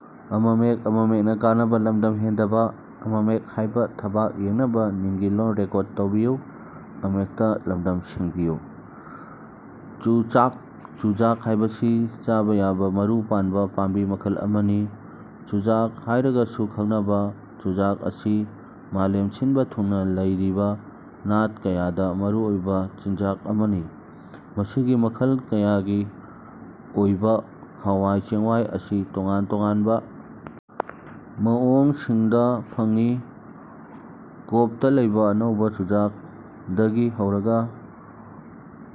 ꯆꯨꯆꯥꯛ ꯆꯨꯖꯥꯛ ꯍꯥꯏꯕꯁꯤ ꯆꯥꯕ ꯌꯥꯕ ꯃꯔꯨ ꯄꯥꯟꯕ ꯄꯥꯝꯕꯤ ꯃꯈꯜ ꯑꯃꯅꯤ꯫ ꯆꯨꯖꯥꯛ ꯍꯥꯏꯔꯒꯁꯨ ꯈꯪꯅꯕ ꯆꯨꯖꯥꯛ ꯑꯁꯤ ꯃꯥꯂꯦꯝ ꯁꯤꯟꯕ ꯊꯨꯡꯅ ꯂꯩꯔꯤꯕ ꯅꯥꯠ ꯀꯌꯥꯗ ꯃꯔꯨꯑꯣꯏꯕ ꯆꯤꯟꯖꯥꯛ ꯑꯃꯅꯤ꯫ ꯃꯁꯤꯒꯤ ꯃꯈꯜ ꯀꯌꯥꯒꯤ ꯑꯣꯏꯕ ꯍꯋꯥꯏ ꯆꯦꯡꯋꯥꯏ ꯑꯁꯤ ꯇꯣꯉꯥꯟ ꯇꯣꯉꯥꯟꯕ ꯃꯑꯣꯡꯁꯤꯡꯗ ꯐꯪꯏ ꯀꯣꯕꯇ ꯂꯩꯕ ꯑꯅꯧꯕ ꯆꯨꯖꯥꯛꯗꯒꯤ ꯍꯧꯔꯒ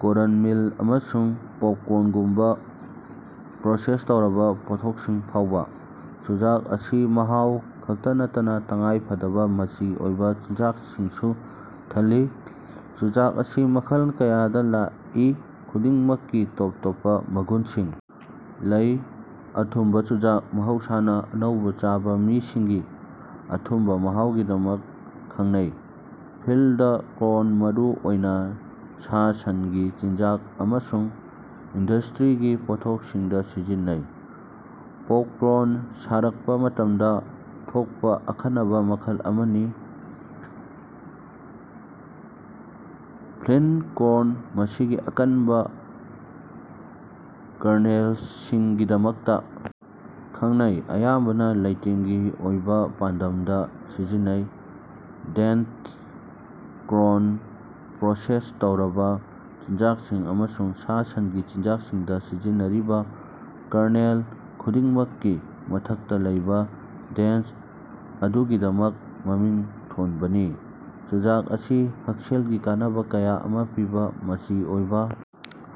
ꯀꯣꯔ꯭ꯟꯃꯤꯜ ꯑꯃꯁꯨꯡ ꯄꯣꯞꯀꯣꯔ꯭ꯟꯒꯨꯝꯕ ꯄ꯭ꯔꯣꯁꯦꯁ ꯇꯧꯔꯕ ꯄꯣꯠꯊꯣꯛꯁꯤꯡ ꯐꯥꯎꯕ꯫ ꯆꯨꯖꯥꯛ ꯑꯁꯤ ꯃꯍꯥꯎ ꯈꯛꯇ ꯅꯠꯇꯅ ꯇꯉꯥꯏꯐꯗꯕ ꯃꯆꯤ ꯑꯣꯏꯕ ꯆꯤꯟꯖꯥꯛꯁꯤꯡꯁꯨ ꯊꯜꯂꯤ꯫ ꯆꯨꯖꯥꯛ ꯑꯁꯤ ꯃꯈꯜ ꯀꯌꯥꯗ ꯂꯥꯛꯏ ꯈꯨꯗꯤꯡꯃꯛꯀꯤ ꯇꯣꯞ ꯇꯣꯞꯄ ꯃꯒꯨꯟꯁꯤꯡ ꯂꯩ ꯑꯊꯨꯝꯕ ꯆꯨꯖꯥꯛ ꯃꯍꯧꯁꯥꯅ ꯑꯅꯧꯕ ꯆꯥꯕ ꯃꯁꯤꯒꯤ ꯑꯊꯨꯝꯕ ꯃꯍꯥꯎꯒꯤꯗꯃꯛ ꯈꯪꯅꯩ꯫ ꯐꯤꯜꯗ ꯀꯣꯔ꯭ꯟ ꯃꯔꯨ ꯑꯣꯏꯅ ꯁꯥ ꯁꯟꯒꯤ ꯆꯤꯟꯖꯥꯛ ꯑꯃꯁꯨꯡ ꯏꯟꯗꯁ꯭ꯇ꯭ꯔꯤꯒꯤ ꯄꯣꯠꯊꯣꯛꯁꯤꯡꯗ ꯁꯤꯖꯤꯟꯅꯩ꯫ ꯄꯣꯞꯀꯣꯔ꯭ꯟ ꯁꯥꯔꯛꯄ ꯃꯇꯝꯗ ꯊꯣꯛꯄ ꯑꯈꯟꯅꯕ ꯃꯈꯜ ꯑꯃꯅꯤ꯫ ꯐ꯭ꯂꯤꯟꯠ ꯀꯣꯔ꯭ꯟ ꯃꯁꯤꯒꯤ ꯑꯀꯟꯕ ꯀꯔꯅꯦꯜꯁꯤꯡꯒꯤꯗꯃꯛꯇ ꯈꯪꯅꯩ ꯑꯌꯥꯝꯕꯅ ꯂꯩꯇꯦꯡꯒꯤ ꯑꯣꯏꯕ ꯄꯥꯟꯗꯝꯗ ꯁꯤꯖꯤꯟꯅꯩ꯫ ꯗꯦꯟꯠ ꯀꯣꯔ꯭ꯟ ꯄ꯭ꯔꯣꯁꯦꯁ ꯇꯧꯔꯕ ꯆꯤꯟꯖꯥꯛꯁꯤꯡ ꯑꯃꯁꯨꯡ ꯁꯥ ꯁꯟꯒꯤ ꯆꯤꯟꯖꯥꯛꯁꯤꯡꯗ ꯁꯤꯖꯤꯟꯅꯔꯤꯕ ꯀꯔꯅꯦꯜ ꯈꯨꯗꯤꯡꯃꯛꯀꯤ ꯃꯊꯛꯇ ꯂꯩꯕ ꯗꯦꯟ꯭ꯇ ꯑꯗꯨꯒꯤꯗꯃꯛ ꯃꯃꯤꯡ ꯊꯣꯟꯕꯅꯤ꯫ ꯆꯨꯖꯥꯛ ꯑꯁꯤ ꯍꯛꯁꯦꯜꯒꯤ ꯀꯥꯟꯅꯕ ꯀꯌꯥ ꯑꯃ ꯄꯤꯕ ꯃꯆꯤ ꯑꯣꯏꯕ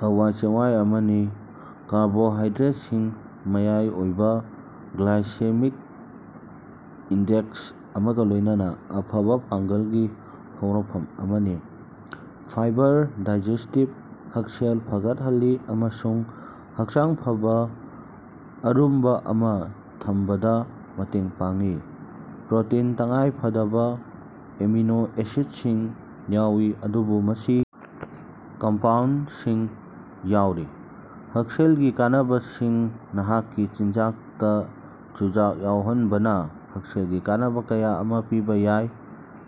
ꯍꯋꯥꯏ ꯆꯦꯡꯋꯥꯏ ꯑꯃꯅꯤ꯫ ꯀꯥꯔꯕꯣꯍꯥꯏꯗ꯭ꯔꯦꯠꯁꯤꯡ ꯃꯌꯥꯏ ꯑꯣꯏꯕ ꯒ꯭ꯂꯥꯏꯁꯦꯃꯤꯛ ꯏꯟꯗꯦꯛꯁ ꯑꯃꯒ ꯂꯣꯏꯅꯅ ꯑꯐꯕ ꯄꯥꯡꯒꯜꯒꯤ ꯍꯧꯔꯛꯐꯝ ꯑꯃꯅꯤ꯫ ꯐꯥꯏꯕꯔ ꯗꯥꯏꯖꯦꯁ꯭ꯇꯤꯕ ꯍꯛꯁꯦꯜ ꯐꯒꯠꯍꯜꯂꯤ ꯑꯃꯁꯨꯡ ꯍꯛꯆꯥꯡ ꯐꯕ ꯑꯔꯨꯝꯕ ꯑꯃ ꯊꯝꯕꯗ ꯃꯇꯦꯡ ꯄꯥꯡꯏ꯫ ꯄ꯭ꯔꯣꯇꯤꯟ ꯇꯉꯥꯏꯐꯗꯕ ꯑꯦꯃꯤꯅꯣ ꯑꯦꯁꯤꯗꯁꯤꯡ ꯌꯥꯎꯏ ꯑꯗꯨꯕꯨ ꯃꯁꯤ ꯀꯝꯄꯥꯎꯟꯗꯁꯤꯡ ꯌꯥꯎꯔꯤ꯫ ꯍꯛꯁꯦꯜꯒꯤ ꯀꯥꯟꯅꯕꯁꯤꯡ ꯅꯍꯥꯛꯀꯤ ꯆꯤꯟꯖꯥꯛꯇ ꯆꯨꯖꯥꯛ ꯌꯥꯎꯍꯟꯕꯅ ꯍꯛꯁꯦꯜꯒꯤ ꯀꯥꯟꯅꯕ ꯀꯌꯥ ꯑꯃ ꯄꯤꯕ ꯌꯥꯏ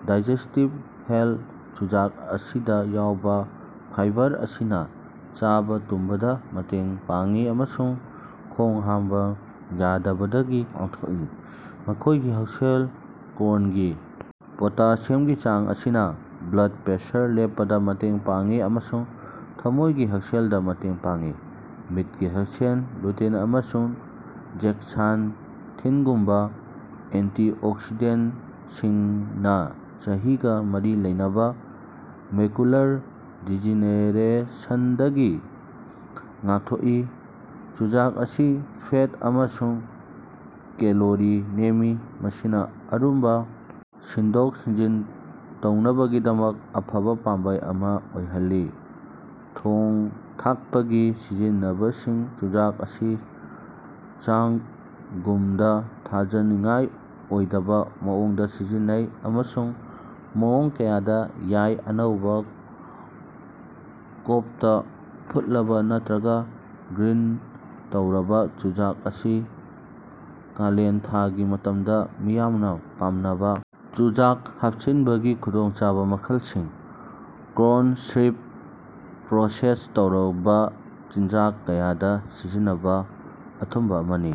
ꯗꯥꯏꯖꯦꯁ꯭ꯇꯤꯕ ꯍꯦꯜꯊ ꯆꯨꯖꯥꯛ ꯑꯁꯤꯗ ꯌꯥꯎꯕ ꯐꯥꯏꯕꯔ ꯑꯁꯤꯅ ꯆꯥꯕ ꯇꯨꯝꯕꯗ ꯃꯇꯦꯡ ꯄꯥꯡꯉꯤ ꯑꯃꯁꯨꯡ ꯈꯣꯡ ꯍꯥꯝꯕ ꯌꯥꯗꯕꯗꯒꯤ ꯉꯥꯛꯊꯣꯛꯏ꯫ ꯃꯈꯣꯏꯒꯤ ꯍꯛꯁꯦꯜ ꯀꯣꯔ꯭ꯟꯒꯤ ꯄꯣꯇꯥꯁꯤꯌꯝꯒꯤ ꯆꯥꯡ ꯑꯁꯤꯅ ꯕ꯭ꯂꯗ ꯄ꯭ꯔꯦꯁꯔ ꯂꯦꯞꯄꯗ ꯃꯇꯦꯡ ꯄꯥꯡꯏ ꯑꯃꯁꯨꯡ ꯊꯃꯣꯏꯒꯤ ꯍꯛꯁꯦꯜꯗ ꯃꯇꯦꯡ ꯄꯥꯡꯏ꯫ ꯃꯤꯠꯀꯤ ꯍꯛꯁꯦꯜ ꯂꯨꯇꯤꯟ ꯑꯃꯁꯨꯡ ꯖꯦꯛꯁꯥꯟꯊꯤꯟꯒꯨꯝꯕ ꯑꯦꯟꯇꯤꯑꯣꯛꯁꯤꯗꯦꯟꯠꯁꯤꯡꯅ ꯆꯍꯤꯒ ꯃꯔꯤ ꯂꯩꯅꯕ ꯃꯦꯀꯨꯂꯔ ꯗꯤꯖꯦꯅꯦꯔꯦꯁꯟꯗꯒꯤ ꯉꯥꯛꯊꯣꯛꯏ꯫ ꯆꯨꯖꯥꯛ ꯑꯁꯤ ꯐꯦꯠ ꯑꯃꯁꯨꯡ ꯀꯦꯂꯣꯔꯤ ꯅꯦꯝꯃꯤ ꯃꯁꯤꯅ ꯑꯔꯨꯝꯕ ꯁꯤꯟꯗꯣꯛ ꯁꯤꯟꯖꯤꯟ ꯇꯧꯅꯕꯒꯤꯗꯃꯛ ꯑꯐꯕ ꯄꯥꯝꯕꯩ ꯑꯃ ꯑꯣꯏꯍꯜꯂꯤ꯫ ꯊꯣꯡ ꯊꯥꯛꯄꯒꯤ ꯁꯤꯖꯤꯟꯅꯕꯁꯤꯡ ꯆꯨꯖꯥꯛ ꯑꯁꯤ ꯆꯥꯡꯒꯨꯝꯗ ꯊꯥꯖꯅꯤꯡꯉꯥꯏ ꯑꯣꯏꯗꯕ ꯃꯑꯣꯡꯗ ꯁꯤꯖꯤꯟꯅꯩ ꯑꯃꯁꯨꯡ ꯃꯑꯣꯡ ꯀꯌꯥꯗ ꯌꯥꯏ ꯑꯅꯧꯕ ꯒꯣꯕꯇ ꯐꯨꯠꯂꯕ ꯅꯠꯇ꯭ꯔꯒ ꯒ꯭ꯔꯤꯟ ꯇꯧꯔꯕ ꯆꯨꯖꯥꯛ ꯑꯁꯤ ꯀꯥꯂꯦꯟꯊꯥꯒꯤ ꯃꯇꯝꯗ ꯃꯤꯌꯥꯝꯅ ꯄꯥꯝꯅꯕ ꯆꯨꯖꯥꯛ ꯍꯥꯞꯆꯤꯟꯕꯒꯤ ꯈꯨꯗꯣꯡꯆꯥꯕ ꯃꯈꯜꯁꯤꯡ꯫ ꯀꯣꯔ꯭ꯟ ꯁꯤꯔꯞ ꯄ꯭ꯔꯣꯁꯦꯁ ꯇꯧꯔꯕ ꯆꯤꯟꯖꯥꯛ ꯀꯌꯥꯗ ꯁꯤꯖꯤꯟꯅꯕ ꯑꯊꯨꯝꯕ ꯑꯃꯅꯤ꯫